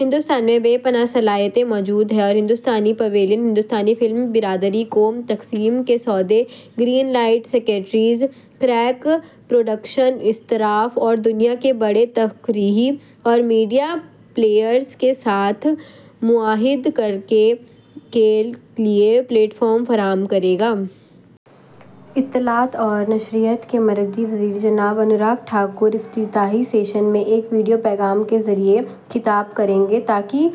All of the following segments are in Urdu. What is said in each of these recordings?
ہندوستان میں بے پناہ صلاحیتیں موجود ہیں اور ہندوستانی پویلین ہندوستانی فلم برادری کو تقسیم کے سودوں، green light scripts, crack production اشتراک اور دنیا کے بڑے تفریحی اور میڈیا پلیئرز کے ساتھ دستخط کرنے کے لیے پلیٹ فارم فراہم کرے گا۔ اطلاعات و نشریات کے مرکزی وزیر جناب انوراگ ٹھاکر افتتاحی سیشن سے ایک ویڈیو پیغام کے ذریعے خطاب کریں گے، تاکہ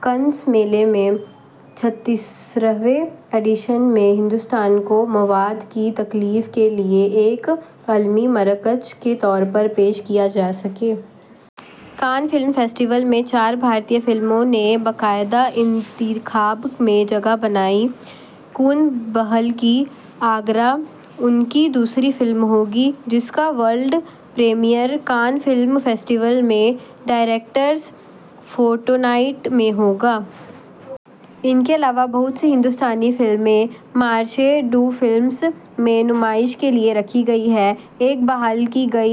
کانز میلے کے چھہتر ویں ایڈیشن میں ہندوستان کو مواد کی تخلیق کے لیے ایک عالمی مرکز کے طور پر دکھایا جا سکے۔ کانز فلم فیسٹیول میں چار بھارتی فلموں نے باضابطہ انتخاب میں جگہ بنائی ہے۔ کنو بہل کی ’آگرہ‘ ان کی دوسری فلم ہوگی جس کا ورلڈ پریمیئر کانز میں ڈائریکٹرز فورٹ نائٹ میں ہوگا۔ ان کے علاوہ بہت سی ہندوستانی فلمیں مارشے ڈو فلمز میں نمائش کے لیے رکھی گئی ہیں۔ ایک بحال شدہ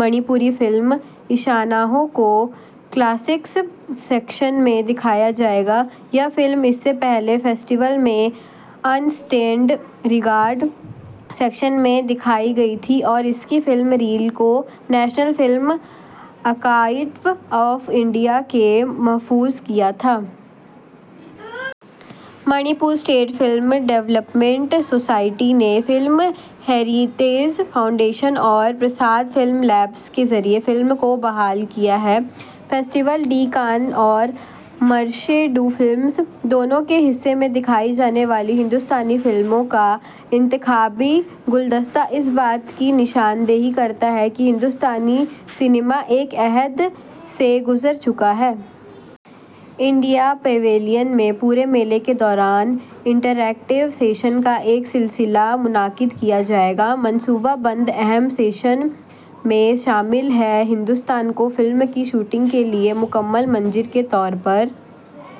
منی پوری فلم ’ایشانہو‘، ’کلاسکس‘ سیکشن میں دکھائی جائے گی۔ یہ فلم اس سے قبل فیسٹیول کے ’اَن سرٹین ریگارڈ‘ سیکشن میں دکھائی گئی تھی اور اس کی فلمی ریلیز کو National Film Archive of India نے محفوظ کیا تھا۔ Manipur State Film Development Society نے فلم ہیریٹیج فاؤنڈیشن اور پرساد فلم لیبس کے ذریعے فلم کو بحال کیا ہے۔ فیسٹیول ڈی کانز اور مارشے ڈو فلمز دونوں کے حصوں میں دکھائی جانے والی ہندوستانی فلموں کا انتخابی گلدستہ اس بات کی نشان دہی کرتا ہے کہ ہندوستانی سنیما ایک عہد سے گزر چکا ہے۔ انڈیا پویلین میں پورے میلے میں انٹر ایکٹو سیشنز کا ایک سلسلہ منعقد کیا جائے گا۔ منصوبہ بند اہم سیشنز ہیں، ہندوستان کو فلم بندی کی مکمل منزل کے طور پر...